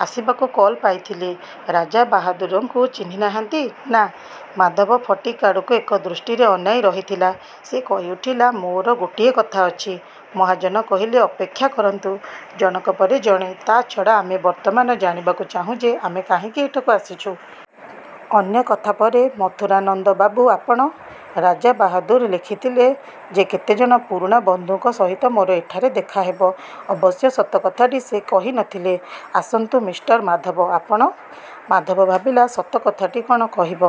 -ଆସିବାକୁ କଲ୍ ପାଇଥିଲି। -ରାଜାବାହାଦୁରଙ୍କୁ ଚିହ୍ନି ନାହାନ୍ତି? -ନା। ମାଧବ ଫଟିକ୍ଆଡ଼କୁ ଏକଦୃଷ୍ଟିରେ ଅନାଇରହିଥିଲା। ସେ କହିଉଠିଲା-ମୋର ଗୋଟିଏ କଥା ଅଛି। ମହାଜନ କହିଲେ-ଅପେକ୍ଷା କରନ୍ତୁ, ଜଣକ ପରେ ଜଣେ। ତା' ଛଡା ଆମେ ବର୍ତ୍ତମାନ ଜାଣିବାକୁ ଚାହୁଁ ଯେ ଆମେ କାହିଁକି ଏଠାକୁ ଆସିଛୁ। ଅନ୍ୟ କଥା ପରେ। -ମଥୁରାନନ୍ଦବାବୁ, ଆପଣ? -ରାଜାବାହାଦୁର ଲେଖିଥିଲେ ଯେ କେତେଜଣ ପୁରୁଣା ବନ୍ଧୁଙ୍କ ସହିତ ମୋର ଏଠାରେ ଦେଖାହେବ। ଅବଶ୍ୟ ସତ କଥାଟି ସେ କହି ନ ଥିଲେ। -ଆସନ୍ତୁ ମିଷ୍ଟର ମାଧବ, ଆପଣ? ମାଧବ ଭାବିଲା, ସତ କଥାଟି କ'ଣ କହିବ।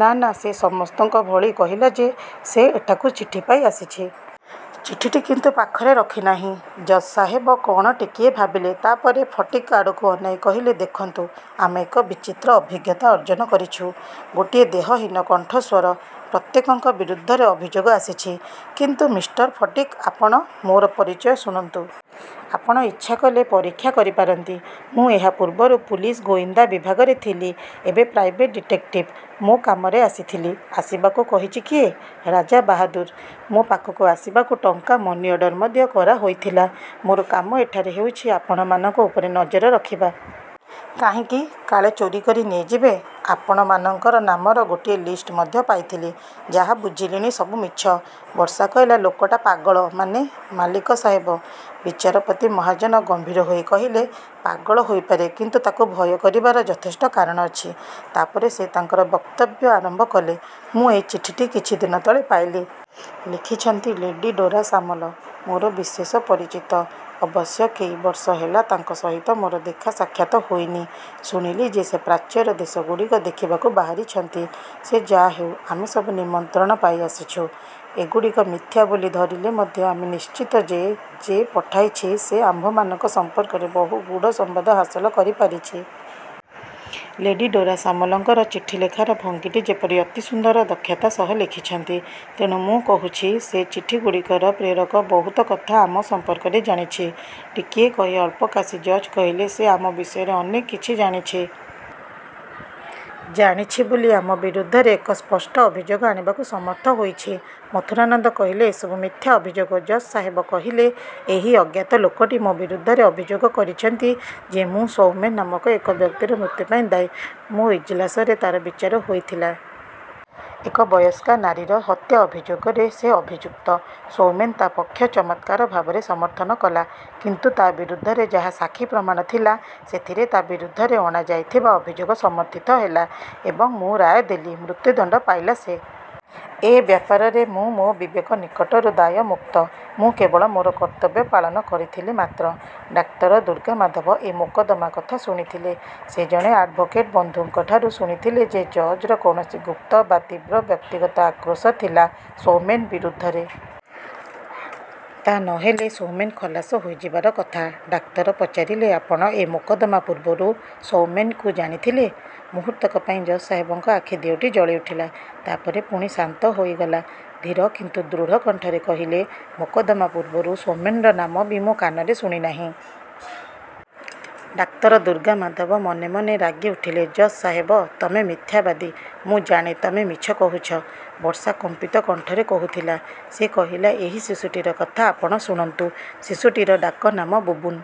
ନା ନା, ସେ ସମସ୍ତଙ୍କ ଭଳି କହିଲା ଯେ, ସେ ଏଠାକୁ ଚିଠି ପାଇ ଆସିଛି। ଚିଠିଟି କିନ୍ତୁ ପାଖରେ ରଖିନାହିଁ। ଜଜ୍ସାହେବ କ'ଣ ଟିକିଏ ଭାବିଲେ, ତା'ପରେ ଫଟିକ୍ ଆଡ଼କୁ ଅନାଇ କହିଲେ- ଦେଖନ୍ତୁ, ଆମେ ଏକ ବିଚିତ୍ର ଅଭିଜ୍ଞତା ଅର୍ଜନ କରିଛୁ। ଗୋଟିଏ ଦେହହୀନ କଣ୍ଠସ୍ଵର-। ପ୍ରତ୍ୟେକଙ୍କ ବିରୁଦ୍ଧରେ ଅଭିଯୋଗ ଆସିଛି। କିନ୍ତୁ ମିଷ୍ଟର ଫଟିକ୍, ଆପଣ? -ମୋର ପରିଚୟ ଶୁଣନ୍ତୁ। ଆପଣ ଇଚ୍ଛା କଲେ ପରୀକ୍ଷା କରିପାରନ୍ତି। ମୁଁ ଏହା ପୂର୍ବରୁ ପୁଲିସ ଗୋଇନ୍ଦା ବିଭାଗରେ ଥିଲି, ଏବେ ପ୍ରାଇଭେଟ୍ ଡିଟେକ୍ଟିଭ। ମୋ କାମରେ ଆସିଥିଲି। -ଆସିବାକୁ କହିଛି କିଏ? -ରାଜାବାହାଦୁର୍। ମୋ ପାଖକୁ ଆସିବାକୁ ଟଙ୍କା ମନିଅର୍ଡ଼ର ମଧ୍ୟ କରାହୋଇଥିଲା। ମୋର କାମ ଏଠାରେ ହେଉଛି ଆପଣମାନଙ୍କ ଉପରେ ନଜର ରଖିବା। -କାହିଁକି? -କାଳେ ଚୋରିକରି ନେଇଯିବେ। ଆପଣମାନଙ୍କର ନାମର ଗୋଟିଏ ଲିଷ୍ଟ ମଧ୍ୟ ପାଇଥିଲି। ଯାହା ବୁଝିଲିଣି ସବୁ ମିଛ। ବର୍ଷା କହିଲା-ଲୋକଟା ପାଗଳ, ମାନେ, ମାଲିକସାହେବ। ବିଚାରପତି ମହାଜନ ଗମ୍ଭୀର ହୋଇ କହିଲେ-ପାଗଳ ହୋଇପାରେ; କିନ୍ତୁ ତାକୁ ଭୟ କରିବାର ଯଥେଷ୍ଟ କାରଣ ଅଛି। ତା'ପରେ ସେ ତାଙ୍କର ବକ୍ତବ୍ୟ ଆରମ୍ଭ କଲେ-ମୁଁ ଏଇ ଚିଠିଟି କିଛିଦିନ ତଳେ ପାଇଲି-। ଲେଖିଛନ୍ତି ଲେଡି ଡୋରା ସାମଲ। ମୋର ବିଶେଷ ପରିଚିତ। ଅବଶ୍ୟ କେଇବର୍ଷ ହେଲା ତାଙ୍କ ସହିତ ମୋର ଦେଖାସାକ୍ଷାତ ହୋଇନି। ଶୁଣିଲି ଯେ ସେ ପ୍ରାଚ୍ୟର ଦେଶଗୁଡ଼ିକ ଦେଖିବାକୁ ବାହାରିଛନ୍ତି। ସେ ଯା'ହେଉ ଆମେ ସବୁ ନିମନ୍ତ୍ରଣ ପାଇ ଆସିଛୁ। ଏଗୁଡ଼ିକ ମିଥ୍ୟା ବୋଲି ଧରିଲେ ମଧ୍ୟ ଆମେ ନିଶ୍ଚିତ ଯେ, ଯେ ପଠାଇଛି ସେ ଆମ୍ଭମାନଙ୍କ ସମ୍ପର୍କରେ ବହୁ ଗୂଢ଼ ସମ୍ବାଦ ହାସଲ କରିପାରିଛି। ଲେଡି ଡୋରା ସାମଲଙ୍କର ଚିଠିଲେଖାର ଭଙ୍ଗୀଟି ଯେପରି ଅତି ସୁନ୍ଦର; ଦକ୍ଷତା ସହ ଲେଖିଛନ୍ତି। ତେଣୁ ମୁଁ କହୁଛି ଯେ ଚିଠିଗୁଡ଼ିକର ପ୍ରେରକ ବହୁତ କଥା ଆମ ସମ୍ପର୍କରେ ଜାଣିଛି। ଟିକିଏ କହି, ଅଳ୍ପ କାଶି ଜଜ୍ କହିଲେ-ସେ ଆମ ବିଷୟରେ ଅନେକ କିଛି ଜାଣିଛି। ଜାଣିଛି ବୋଲି ଆମ ବିରୁଦ୍ଧରେ ଏକ ସ୍ପଷ୍ଟ ଅଭିଯୋଗ ଆଣିବାକୁ ସମର୍ଥ ହୋଇଛି। ମଥୁରାନନ୍ଦ କହିଲେ-ଏସବୁ ମିଥ୍ୟା ଅଭିଯୋଗ। ଜଜ୍ସାହେବ କହିଲେ-ଏହି ଅଜ୍ଞାତ ଲୋକଟି ମୋ ବିରୁଦ୍ଧରେ ଅଭିଯୋଗ କରିଛନ୍ତି ଯେ ମୁଁ ସୌମେନ୍ ନାମକ ଏକ ବ୍ୟକ୍ତିର ମୃତ୍ୟୁ ପାଇଁ ଦାୟୀ। ମୋ ଇଜ୍ଲାସରେ ତା'ର ବିଚାର ହୋଇଥିଲା। ଏକ ବୟସ୍କା ନାରୀର ହତ୍ୟା ଅଭିଯୋଗରେ ସେ ଅଭିଯୁକ୍ତ। ସୌମେନ୍ ତା' ପକ୍ଷ ଚମତ୍କାର ଭାବରେ ସମର୍ଥନ କଲା। କିନ୍ତୁ ତା' ବିରୁଦ୍ଧରେ ଯାହା ସାକ୍ଷୀ ପ୍ରମାଣ ଥିଲା, ସେଥିରେ ତା' ବିରୁଦ୍ଧରେ ଅଣାଯାଇଥିବା ଅଭିଯୋଗ ସମର୍ଥିତ ହେଲା ଏବଂ ମୁଁ ରାୟ ଦେଲି। ମୃତ୍ୟୁଦଣ୍ଡ ପାଇଲା ସେ। ଏ ବ୍ୟାପାରରେ ମୁଁ ମୋ ବିବେକ ନିକଟରୁ ଦାୟମୁକ୍ତ। ମୁଁ କେବଳ ମୋର କର୍ତ୍ତବ୍ୟ ପାଳନ କରିଥିଲି ମାତ୍ର। ଡାକ୍ତର ଦୁର୍ଗାମାଧବ ଏ ମୋକଦ୍ଦମା କଥା ଶୁଣିଥିଲେ। ସେ ଜଣେ ଆଡ଼ଭୋକେଟ ବନ୍ଧୁଙ୍କଠାରୁ ଶୁଣିଥିଲେ ଯେ ଜଜ୍ର କୌଣସି ଗୁପ୍ତ ବା ତୀବ୍ର ବ୍ୟକ୍ତିଗତ ଆକ୍ରୋଶ ଥିଲା ସୌମେନ୍ ବିରୁଦ୍ଧରେ। ତା' ନ ହେଲେ ସୌମେନ୍ ଖଲାସ ହୋଇଯିବାର କଥା। ଡାକ୍ତର ପଚାରିଲେ-ଆପଣ ଏ ମୋକଦ୍ଦମା ପୂର୍ବରୁ ସୌମେନ୍କୁ ଜାଣିଥିଲେ? ମୁହୂର୍ତ୍ତକ ପାଇଁ ଜଜ୍ସାହେବଙ୍କ ଆଖି ଦିଓଟି ଜଳିଉଠିଲା, ତା'ପରେ ପୁଣି ଶାନ୍ତ ହୋଇଗଲା। ଧୀର କିନ୍ତୁ ଦୃଢ଼କଣ୍ଠରେ କହିଲେ-ମୋକଦ୍ଦମା ପୂର୍ବରୁ ସୌମେନ୍ର ନାମ ବି ମୁଁ କାନରେ ଶୁଣିନାହିଁ। ଡାକ୍ତର ଦୁର୍ଗାମାଧବ ମନେ ମନେ ରାଗିଉଠିଲେ-ଜଜ୍ସାହେବ, ତମେ ମିଥ୍ୟାବାଦୀ। ମୁଁ ଜାଣେ ତମେ ମିଛ କହୁଛ। ବର୍ଷା କମ୍ପିତ କଣ୍ଠରେ କହୁଥିଲା। ସେ କହିଲା-ଏହି ଶିଶୁଟିର କଥା ଆପଣ ଶୁଣନ୍ତୁ। ଶିଶୁଟିର ଡାକ ନାମ ବୁବୁନ୍।